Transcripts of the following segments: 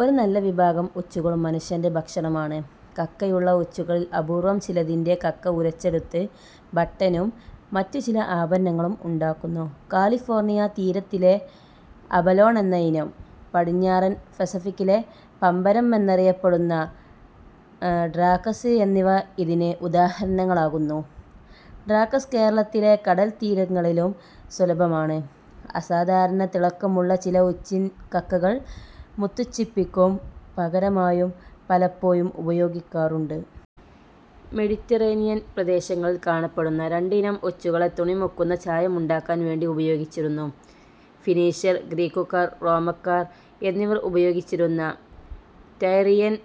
ഒരു നല്ലവിഭാഗം ഒച്ചുകളും മനുഷ്യന്റെ ഭക്ഷണമാണ്. കക്കയുള്ള ഒച്ചുകളിൽ അപൂർവം ചിലതിന്റെ കക്ക ഉരച്ചെടുത്ത് ബട്ടനും മറ്റുചില ആഭരണങ്ങളും ഉണ്ടാക്കുന്നു. കാലിഫോർണിയ തീരത്തിലെ അബലോൺ എന്നയിനം, പടിഞ്ഞാറൻ പെസഫിക്കിലെ പമ്പരം എന്നറിയപ്പെടുന്ന ഡ്രാക്കസ് എന്നിവ ഇതിന് ഉദാഹരണങ്ങളാകുന്നു; ഡ്രാക്കസ് കേരളത്തിലെ കടൽതീരങ്ങളിലും സുലഭമാണ്. അസാധാരണ തിളക്കമുള്ള ചില ഒച്ചിൻ കക്കകൾ മുത്തുച്ചിപ്പിക്കു പകരമായും പലപ്പോഴും ഉപയോഗിക്കാറുണ്ട്. മെഡിറ്ററേനിയൻ പ്രദേശങ്ങൾ കാണപ്പെടുന്ന രണ്ടിനം ഒച്ചുകളെ തുണിമുക്കുന്ന ചായം ഉണ്ടാക്കാൻ വേണ്ടി ഉപയോഗിച്ചിരുന്നു. ഫിനീഷ്യർ, ഗ്രീക്കുകാർ, റോമാക്കാർ എന്നിവർ ഉപയോഗിച്ചിരുന്ന റ്റൈറിയൻ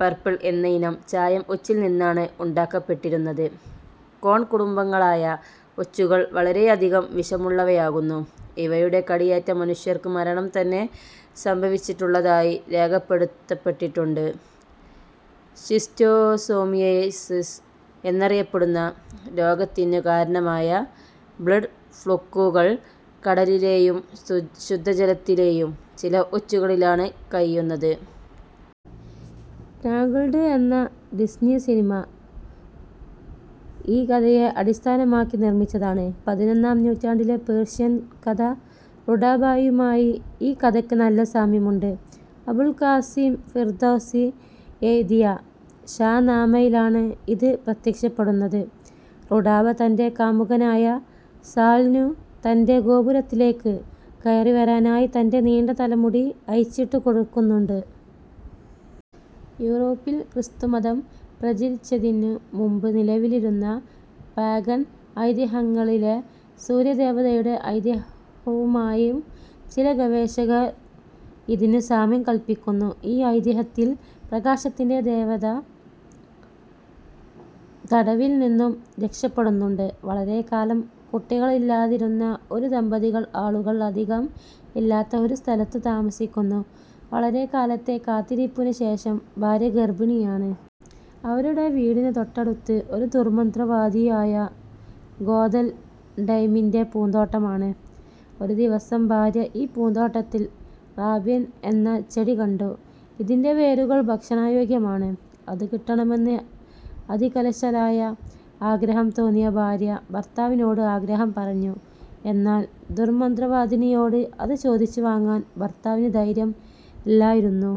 പർപ്പിൾ എന്നയിനം ചായം ഒച്ചിൽനിന്നാണ് ഉണ്ടാക്കപ്പെട്ടിരുന്നത്. കോൺകുടുബാംഗങ്ങളായ ഒച്ചുകൾ വളരെയധികം വിഷമുള്ളവയാകുന്നു. ഇവയുടെ കടിയേറ്റ മനുഷ്യർക്ക് മരണം തന്നെ സംഭവിച്ചിട്ടുള്ളതായി രേഖപ്പെടുത്തപ്പെട്ടിട്ടുണ്ട്. ഷിസ്റ്റോസോമിയേസിസ് എന്നറിയപ്പെടുന്ന രോഗത്തിനു കാരണമായ ബ്ലഡ് ഫ്ലൂക്കു കൾ കടലിലെയും ശുദ്ധജലത്തിലെയും ചില ഒച്ചുകളിലാണ് കഴിയുന്നത്. റ്റാൻഗ്ൾഡ് എന്ന ഡിസ്നി സിനിമ ഈ കഥയെ അടിസ്ഥാനമാക്കി നിർമിച്ചതാണ്.. പതിനൊന്നാം നൂറ്റാണ്ടിലെ പേർഷ്യൻ കഥ റുഡാബായുമായി ഈ കഥയ്ക്ക് നല്ല സാമ്യം ഉണ്ട്. അബുൾ കാസിം ഫിർദൗസി എഴുതിയ ഷാ നാമ യിലാണ് ഇത് പ്രത്യക്ഷപ്പെടുന്നത്. റുഡാബ തന്റെ കാമുകനായ സാൽ'നു തന്റെ ഗോപുരത്തിലേയ്ക്ക് കയറിവരാനായി തന്റെ നീണ്ട തലമുടി അഴിച്ചിട്ടു കൊടുക്കുന്നുണ്ട്. യൂറോപ്പിൽ ക്രിസ്തുമതം പ്രചരിച്ചതിനു മുൻപ് നിലവിലിരുന്ന പാഗൻ ഐതിഹ്യങ്ങളിലെ സൂര്യദേവതയുടെ ഐതിഹ്യവുമായും ചില ഗവേഷകർ ഇതിനു സാമ്യം കല്പിയ്ക്കുന്നു. ഈ ഐതിഹ്യത്തിൽ പ്രകാശത്തിന്റെ ദേവത തടവിൽ നിന്നും രക്ഷപ്പെടുന്നുണ്ട്. വളരെക്കാലം കുട്ടികൾ ഇല്ലാതിരുന്ന ഒരു ദമ്പതികൾ ആളുകൾ അധികം ഇല്ലാത്ത ഒരു സ്ഥലത്തു താമസിയ്ക്കുന്നു. വളരെക്കാലത്തെ കാത്തിരിപ്പിനുശേഷം ഭാര്യ ഗർഭിണിയാണ്. അവരുടെ വീടിനു തൊട്ടടുത്ത് ഒരു ദുർമന്ത്രവാദിയായ ഗോഥൽ ഡൈയിമിന്റെ പൂന്തോട്ടമാണ്. ഒരു ദിവസം ഭാര്യ ഈ പൂന്തോട്ടത്തിൽ റാമ്പ്യൻ എന്ന ചെടി കണ്ടു. ഇതിന്റെ വേരുകൾ ഭക്ഷണയോഗ്യമാണ്. അതു കിട്ടണമെന്ന് അതികലശലായ ആഗ്രഹം തോന്നിയ ഭാര്യ ഭർത്താവിനോട് ആഗ്രഹം പറഞ്ഞു. എന്നാൽ ദുർമന്ത്രവാദിനിയോട് അതു ചോദിച്ചു വാങ്ങാൻ ഭർത്താവിന് ധൈര്യം ഇല്ലായിരുന്നു.